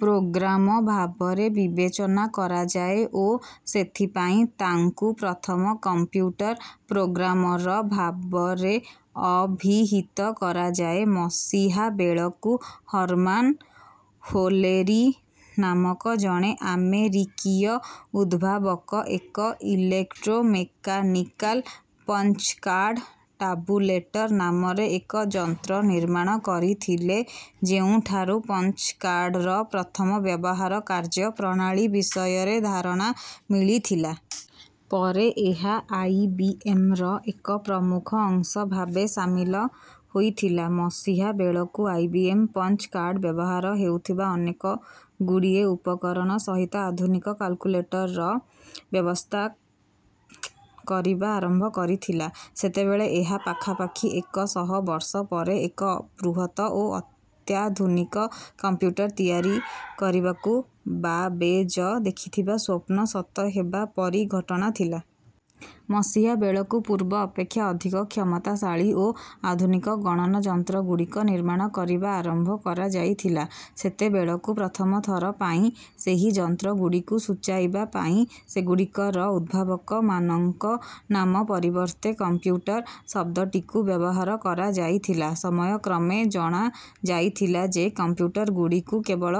Programme ଭାବରେ ବିବେଚନା କରାଯାଏ ଓ ସେଥିପାଇଁ ତାଙ୍କୁ ପ୍ରଥମ କମ୍ପ୍ୟୁଟର ପ୍ରୋଗ୍ରାମର ଭାବରେ ଅଭିହିତ କରାଯାଏ। ମସିହା ବେଳକୁ ହର୍ମାନ ହୋଲେରୀ ନାମକ ଜଣେ ଆମେରିକୀୟ ଉଦ୍ଭାବକ ଏକ ଇଲେକ୍ଟ୍ରୋ-ମେକାନିକାଲ ପଞ୍ଚ କାର୍ଡ ଟାବୁଲେଟର ନାମରେ ଏକ ଯନ୍ତ୍ର ନିର୍ମାଣ କରିଥିଲେ, ଯେଉଁଠାରୁ ପଞ୍ଚ କାର୍ଡର ପ୍ରଥମ ବ୍ୟବହାର କାର୍ଯ୍ୟ ପ୍ରଣାଳୀ ବିଷୟରେ ଧାରଣା ମିଳିଥିଲା। ପରେ ଏହା ଆଇବିଏମର ଏକ ପ୍ରମୁଖ ଅଂଶ ଭାବେ ସାମିଲ ହୋଇଥିଲା। ମସିହା ବେଳକୁ ଆଇବିଏମ ପଞ୍ଚ କାର୍ଡ ବ୍ୟବହାର ହେଉଥିବା ଅନେକଗୁଡ଼ିଏ ଉପକରଣ ସହିତ ଆଧୁନିକ କାଲକୁଲେଟରର ବ୍ୟବସାୟ କରିବା ଆରମ୍ଭ କରିଥିଲା। ସେତେବେଳେ ଏହା ପାଖାପାଖି ଏକ ଶହ ବର୍ଷ ପରେ ଏକ ବୃହତ ଓ ଅତ୍ୟାଧୁନିକ କମ୍ପ୍ୟୁଟର ତିଆରି କରିବାକୁ ବାବେଜ ଦେଖିଥିବା ସ୍ୱପ୍ନ ସତ ହେବା ପରି ଘଟଣା ଥିଲା। ମସିହା ବେଳକୁ ପୂର୍ବ ଅପେକ୍ଷା ଅଧିକ କ୍ଷମତାଶାଳୀ ଓ ଆଧୁନିକ ଗଣନ ଯନ୍ତ୍ରଗୁଡ଼ିକ ନିର୍ମାଣ କରିବା ଆରମ୍ଭ କରାଯାଇଥିଲା। ସେତେବେଳକୁ ପ୍ରଥମ ଥର ପାଇଁ ସେହି ଯନ୍ତ୍ରଗୁଡ଼ିକୁ ସୂଚାଇବା ପାଇଁ ସେଗୁଡ଼ିକର ଉଦ୍ଭାବକମାନଙ୍କ ନାମ ପରିବର୍ତ୍ତେ କମ୍ପ୍ୟୁଟର ଶବ୍ଦଟିକୁ ବ୍ୟବହାର କରାଯାଇଥିଲା। ସମୟକ୍ରମେ ଜଣାଯାଇଥିଲା ଯେ କମ୍ପ୍ୟୁଟରଗୁଡ଼ିକୁ କେବଳ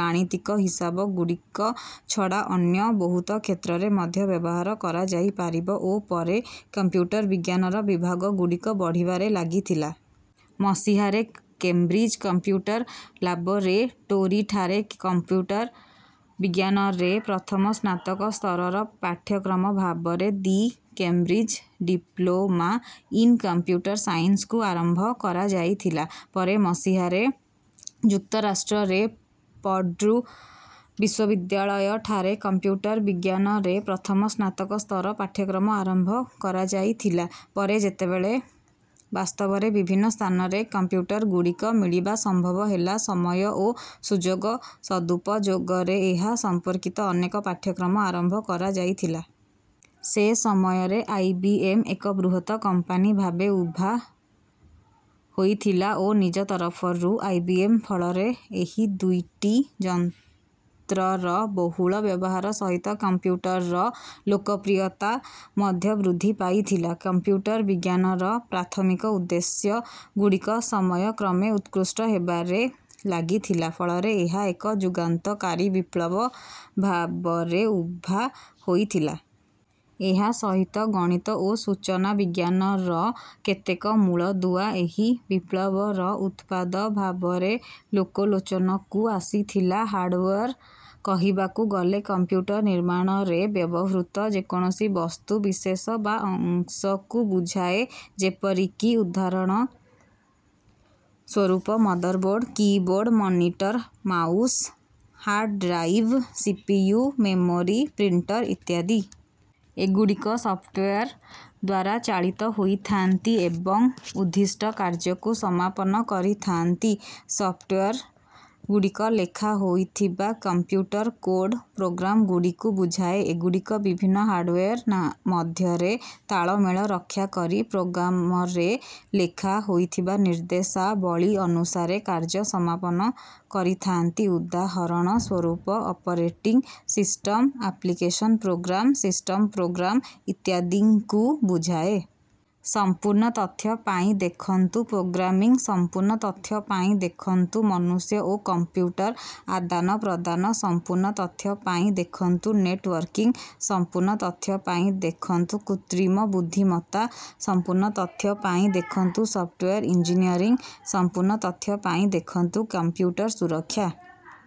ଗାଣିତିକ ହିସାବଗୁଡ଼ିକ ଛଡ଼ା ଅନ୍ୟ ବହୁତ କ୍ଷେତ୍ରରେ ମଧ୍ୟ ବ୍ୟବହାର କରାଯାଇପାରିବ, ଓ ପରେ କମ୍ପ୍ୟୁଟର ବିଜ୍ଞାନର ବିଭାଗଗୁଡ଼ିକ ବଢ଼ିବାରେ ଲାଗିଥିଲା। ମସିହାରେ କେମ୍ବ୍ରିଜ କମ୍ପ୍ୟୁଟର ଲାବୋରେଟୋରୀଠାରେ କମ୍ପ୍ୟୁଟର ବିଜ୍ଞାନରେ ପ୍ରଥମ ସ୍ନାତକ ସ୍ତରର ପାଠ୍ୟକ୍ରମ ଭାବରେ the Cambridge diploma in computer ସାଇନ୍ସକୁ ଆରମ୍ଭ କରାଯାଇଥିଲା। ପରେ ମସିହାରେ ଯୁକ୍ତରାଷ୍ଟ୍ରରେ ପର୍ଡୁ ବିଶ୍ୱବିଦ୍ୟାଳୟଠାରେ କମ୍ପ୍ୟୁଟର ବିଜ୍ଞାନରେ ପ୍ରଥମ ସ୍ନାତକ ସ୍ତର ପାଠ୍ୟକ୍ରମ ଆରମ୍ଭ କରାଯାଇଥିଲା। ପରେ ଯେତେବେଳେ ବାସ୍ତବରେ ବିଭିନ୍ନ ସ୍ଥାନରେ କମ୍ପ୍ୟୁଟରଗୁଡ଼ିକ ମିଳିବା ସମ୍ଭବ ହେଲା, ସମୟ ଓ ସୁଯୋଗ ସଦୁପଯୋଗରେ ଏହା ସମ୍ପର୍କିତ ଅନେକ ପାଠ୍ୟକ୍ରମ ଆରମ୍ଭ କରାଯାଇଥିଲା। ସେ ସମୟରେ ଆଇବିଏମ ଏକ ବୃହତ କମ୍ପାନୀ ଭାବେ ଉଭା ହୋଇଥିଲା, ଓ ନିଜ ତରଫରୁ ଆଇବିଏମ ଫଳରେ ଏହି ଦୁଇଟି ଯନ୍ତ୍ରର ବହୁଳ ବ୍ୟବହାର ସହିତ କମ୍ପ୍ୟୁଟରର ଲୋକପ୍ରିୟତା ମଧ୍ୟ ବୃଦ୍ଧି ପାଇଥିଲା। କମ୍ପ୍ୟୁଟର ବିଜ୍ଞାନର ପ୍ରାଥମିକ ଉଦ୍ଦେଶ୍ୟଗୁଡ଼ିକ ସମୟକ୍ରମେ ଉତ୍କୃଷ୍ଟ ହେବାରେ ଲାଗିଥିଲା, ଫଳରେ ଏହା ଏକ ଯୁଗାନ୍ତକାରୀ ବିପ୍ଲବ ଭାବରେ ଉଭା ହୋଇଥିଲା। ଏହା ସହିତ ଗଣିତ ଓ ସୂଚନା ବିଜ୍ଞାନର କେତେକ ମୂଳଦୁଆ ଏହି ବିପ୍ଳବର ଉତ୍ପାଦ ଭାବରେ ଲୋକଲୋଚନକୁ ଆସିଥିଲା। ହାର୍ଡୱେର କହିବାକୁ ଗଲେ କମ୍ପ୍ୟୁଟର ନିର୍ମାଣରେ ବ୍ୟବହୃତ ଯେକୌଣସି ବସ୍ତୁବିଶେଷ ବା ଅଂଶକୁ ବୁଝାଏ। ଯେପରିକି ଉଦାହରଣ ସ୍ୱରୂପ motherboard, keyboard, monitor, mouse, hard drive, CPU, memory, printer ଇତ୍ୟାଦି। ଏଗୁଡ଼ିକ ସଫ୍ଟୱେର ଦ୍ୱାରା ଚାଳିତ ହୋଇଥାନ୍ତି ଏବଂ ଉଦ୍ଦିଷ୍ଟ କାର୍ଯ୍ୟକୁ ସମାପନ କରିଥାନ୍ତି। ସଫ୍ଟୱେରଗୁଡ଼ିକ ଲେଖା ହୋଇଥିବା କମ୍ପ୍ୟୁଟର କୋଡ଼ ପ୍ରୋଗ୍ରାମଗୁଡ଼ିକୁ ବୁଝାଏ। ଏଗୁଡ଼ିକ ବିଭିନ୍ନ ହାର୍ଡୱେର ମଧ୍ୟରେ ତାଳମେଳ ରକ୍ଷା କରି ପ୍ରୋଗ୍ରାମରେ ଲେଖା ହୋଇଥିବା ନିର୍ଦ୍ଦେଶାବଳୀ ଅନୁସାରେ କାର୍ଯ୍ୟ ସମାପନ କରିଥାନ୍ତି। ଉଦାହରଣ ସ୍ୱରୂପ operating system, application program, system program ଇତ୍ୟାଦିଙ୍କୁ ବୁଝାଏ। ସମ୍ପୂର୍ଣ୍ଣ ତଥ୍ୟ ପାଇଁ ଦେଖନ୍ତୁ ପ୍ରୋଗ୍ରାମିଂ, ସମ୍ପୂର୍ଣ୍ଣ ତଥ୍ୟ ପାଇଁ ଦେଖନ୍ତୁ ମନୁଷ୍ୟ ଓ କମ୍ପ୍ୟୁଟର ଆଦାନପ୍ରଦାନ, ସମ୍ପୂର୍ଣ୍ଣ ତଥ୍ୟ ପାଇଁ ଦେଖନ୍ତୁ ନେଟୱର୍କିଂ, ସମ୍ପୂର୍ଣ୍ଣ ତଥ୍ୟ ପାଇଁ ଦେଖନ୍ତୁ କୃତ୍ରିମ ବୁଦ୍ଧିମତ୍ତା, ସମ୍ପୂର୍ଣ୍ଣ ତଥ୍ୟ ପାଇଁ ଦେଖନ୍ତୁ ସଫ୍ଟୱେର ଇଞ୍ଜିନିୟରିଂ, ସମ୍ପୂର୍ଣ୍ଣ ତଥ୍ୟ ପାଇଁ ଦେଖନ୍ତୁ କମ୍ପ୍ୟୁଟର ସୁରକ୍ଷା।